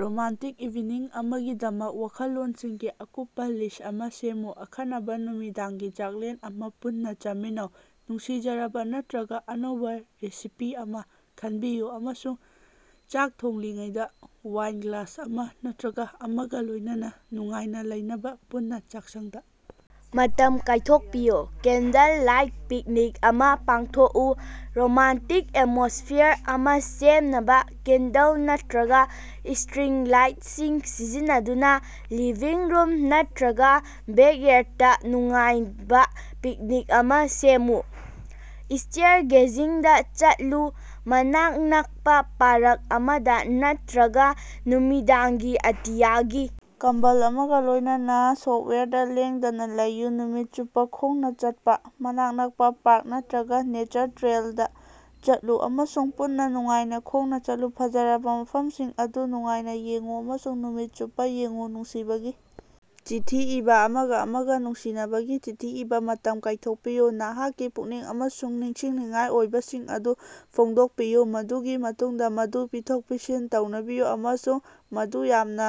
Romantic evening ꯑꯃꯒꯤꯗꯃꯛ ꯋꯥꯈꯜꯂꯣꯟꯁꯤꯡꯒꯤ ꯑꯀꯨꯞꯄ list ꯑꯃꯥ ꯁꯦꯝꯃꯨ꯫ ꯑꯈꯟꯅꯕ ꯅꯨꯃꯤꯗꯥꯡꯒꯤ ꯆꯥꯛꯂꯦꯟ ꯑꯃꯥ ꯄꯨꯟꯅ ꯆꯥꯃꯤꯟꯅꯧ: ꯅꯨꯡꯁꯤꯖꯔꯕ ꯅꯠꯇꯔꯒ ꯑꯅꯧꯕ ꯔꯦꯁꯤꯄꯤ ꯑꯃꯥ ꯈꯟꯕꯤꯌꯨ ꯑꯃꯁꯨꯡ ꯆꯥꯛ ꯊꯣꯡꯂꯤꯉꯩꯗ ꯋꯥꯏꯟ ꯒ꯭ꯂꯥꯁ ꯑꯃꯥ ꯅꯠꯇꯔꯒ ꯑꯃꯒ ꯂꯣꯏꯅꯅ ꯅꯨꯡꯉꯥꯏꯅ ꯂꯩꯅꯕ ꯄꯨꯟꯅꯥ ꯆꯥꯛꯁꯪꯗ ꯃꯇꯝ ꯀꯥꯏꯊꯣꯛꯄꯤꯌꯨ꯫ ꯀꯦꯟꯗꯜ ꯂꯥꯏꯠ ꯄꯤꯛꯅꯤꯛ ꯑꯃꯥ ꯄꯥꯡꯊꯣꯛꯎ: ꯔꯣꯃꯥꯟꯇꯤꯛ ꯑꯦꯇꯃꯣꯁ꯭ꯐꯤꯌꯥꯔ ꯑꯃꯥ ꯁꯦꯝꯅꯕ ꯀꯦꯟꯗꯜ ꯅꯠꯇꯔꯒ ꯁ꯭ꯇꯔꯤꯡ ꯂꯥꯏꯠꯁꯤꯡ ꯁꯤꯖꯤꯟꯅꯗꯨꯅ ꯂꯤꯚꯤꯡ ꯔꯨꯝ ꯅꯠꯇꯔꯒ ꯕꯦꯛꯌꯥꯔꯗꯇ ꯅꯨꯡꯉꯥꯏꯕ ꯄꯤꯛꯅꯤꯛ ꯑꯃꯥ ꯁꯦꯝꯃꯨ꯫ ꯁ꯭ꯇꯥꯔꯒꯦꯖꯤꯡꯗꯥ ꯆꯠꯂꯨ: ꯃꯅꯥꯛ ꯅꯛꯄ ꯄꯥꯔꯛ ꯑꯃꯗ ꯅꯠꯇꯔꯒ ꯅꯨꯃꯤꯗꯥꯡꯒꯤ ꯑꯇꯤꯌꯥꯒꯤ ꯀꯝꯕꯜ ꯑꯃꯒ ꯂꯣꯏꯅꯅ ꯁꯣꯐ꯭ꯇꯋꯥꯌꯔꯗ ꯂꯦꯡꯗꯅ ꯂꯩꯌꯨ꯫ ꯅꯨꯃꯤꯠ ꯆꯨꯞꯄ ꯈꯣꯡꯅ ꯆꯠꯄꯥ: ꯃꯅꯥꯛ ꯅꯛꯄ ꯄꯥꯔꯛ ꯅꯠꯇꯔꯒ ꯅꯦꯆꯔ ꯇ꯭ꯔꯦꯜ ꯑꯃꯗ ꯆꯠꯂꯨ ꯑꯃꯁꯨꯡ ꯄꯨꯟꯅ ꯅꯨꯡꯉꯥꯏꯅ ꯈꯣꯡꯅ ꯆꯠꯂꯨ, ꯐꯖꯔꯕ ꯃꯐꯝꯁꯤꯡ ꯑꯗꯨ ꯅꯨꯡꯉꯥꯏꯅ ꯌꯦꯡꯎ ꯑꯃꯁꯨꯡ ꯅꯨꯃꯤꯠ ꯆꯨꯞꯄ ꯌꯦꯡꯎ꯫ ꯅꯨꯡꯁꯤꯕꯒꯤ ꯆꯤꯊꯤ ꯏꯕꯥ: ꯑꯃꯒ ꯑꯃꯒ ꯅꯨꯡꯁꯤꯅꯕꯒꯤ ꯆꯤꯊꯤ ꯏꯕ ꯃꯇꯝ ꯀꯥꯏꯊꯣꯛꯄꯤꯌꯨ, ꯅꯍꯥꯛꯀꯤ ꯄꯨꯛꯅꯤꯡ ꯑꯃꯁꯨꯡ ꯅꯤꯡꯁꯤꯡꯅꯤꯡꯉꯥꯏ ꯑꯣꯏꯕꯁꯤꯡ ꯑꯗꯨ ꯐꯣꯡꯗꯣꯛꯄꯤꯌꯨ, ꯃꯗꯨꯒꯤ ꯃꯇꯨꯡꯗ ꯃꯗꯨ ꯄꯤꯊꯣꯛ-ꯄꯤꯁꯤꯟ ꯇꯧꯅꯕꯤꯌꯨ ꯑꯃꯁꯨꯡ ꯃꯗꯨ ꯌꯥꯝꯅ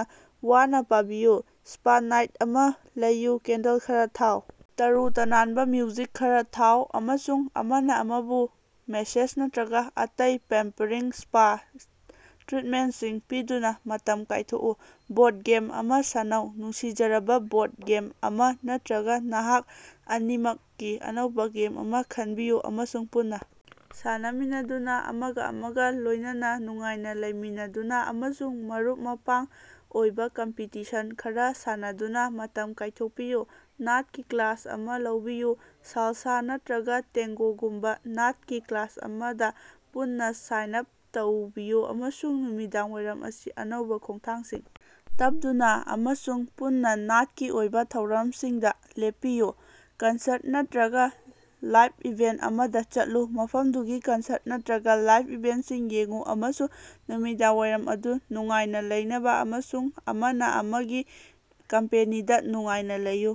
ꯋꯥꯅ ꯄꯥꯕꯤꯌꯨ꯫ ꯁ꯭ꯄꯥ ꯅꯥꯏꯠ ꯑꯃ ꯂꯩꯌꯨ: ꯀꯦꯟꯗꯜ ꯈꯔꯥ ꯊꯥꯎ, ꯇꯔꯨ-ꯇꯅꯥꯟꯕ ꯃ꯭ꯌꯨꯖꯤꯛ ꯈꯔ ꯊꯥꯎ, ꯑꯃꯁꯨꯡ ꯑꯃꯅ ꯑꯃꯕꯨ ꯃꯦꯁꯦꯖ ꯅꯠꯇꯔꯒ ꯑꯇꯩ ꯄꯦꯝꯄꯔꯤꯡ ꯁ꯭ꯄꯥ ꯇ꯭ꯔꯤꯠꯃꯦꯟꯠꯁꯤꯡ ꯄꯤꯗꯨꯅ ꯃꯇꯝ ꯀꯥꯏꯊꯣꯛꯎ꯫ ꯕꯣꯔꯗ ꯒꯦꯝ ꯑꯃꯥ ꯁꯥꯟꯅꯧ: ꯅꯨꯡꯁꯤꯖꯔꯕ ꯕꯣꯔꯗ ꯒꯦꯝ ꯑꯃꯥ ꯅꯠꯇꯔꯒ ꯅꯍꯥꯛ ꯑꯅꯤꯃꯛꯀꯤ ꯑꯅꯧꯕ ꯒꯦꯝ ꯑꯃ ꯈꯟꯕꯤꯌꯨ, ꯑꯃꯁꯨꯡ ꯄꯨꯟꯅ ꯁꯥꯟꯅꯃꯤꯟꯅꯗꯨꯅ, ꯑꯃꯒ ꯑꯃꯒ ꯂꯣꯏꯅꯅ ꯅꯨꯡꯉꯥꯏꯅ ꯂꯩꯃꯤꯟꯅꯗꯨꯅ ꯑꯃꯁꯨꯡ ꯃꯔꯨꯞ-ꯃꯄꯥꯡ ꯑꯣꯏꯕ ꯀꯝꯄꯤꯇꯤꯁꯟ ꯈꯔ ꯁꯥꯟꯅꯗꯨꯅ ꯃꯇꯝ ꯀꯥꯏꯊꯣꯛꯄꯤꯌꯨ꯫ ꯅꯥꯠꯀꯤ ꯀ꯭ꯂꯥꯁ ꯑꯃꯥ ꯂꯧꯕꯤꯌꯨ: ꯁꯥꯜꯁꯥ ꯅꯠꯇꯔꯒ ꯇꯦꯡꯒꯣꯒꯨꯝꯕ ꯅꯥꯠꯀꯤ ꯀ꯭ꯂꯥꯁ ꯑꯃꯗ ꯄꯨꯟꯅ ꯁꯥꯏꯟ ꯑꯥꯞ ꯇꯧꯕꯤꯌꯨ ꯑꯃꯁꯨꯡ ꯅꯨꯃꯤꯗꯥꯡꯋꯥꯏꯔꯝ ꯑꯁꯤ ꯑꯅꯧꯕ ꯈꯣꯡꯊꯥꯡꯁꯤꯡ ꯇꯞꯗꯨꯅ ꯑꯃꯁꯨꯡ ꯄꯨꯟꯅ ꯅꯥꯠꯀꯤ ꯑꯣꯏꯕ ꯊꯧꯔꯝꯁꯤꯡꯗ ꯂꯦꯞꯄꯤꯌꯨ꯫ ꯀꯟꯁꯔꯠ ꯅꯠꯇꯔꯒ ꯂꯥꯏꯞ ꯏꯚꯦꯟꯠ ꯑꯃꯗ ꯆꯠꯂꯨ: ꯃꯐꯝꯗꯨꯒꯤ ꯀꯟꯁꯔꯠ ꯅꯠꯇꯔꯒ ꯏꯚꯦꯟꯠꯁꯤꯡ ꯌꯦꯡꯎ ꯑꯃꯁꯨꯡ ꯅꯨꯃꯤꯗꯥꯡꯋꯥꯏꯔꯝ ꯑꯗꯨ ꯅꯨꯡꯉꯥꯏꯅ ꯂꯩꯅꯕ ꯑꯃꯁꯨꯡ ꯑꯃꯅ ꯑꯃꯒꯤ ꯀꯝꯄꯦꯅꯤꯗꯥ ꯅꯨꯡꯉꯥꯏꯅꯥ ꯂꯩꯌꯨ꯫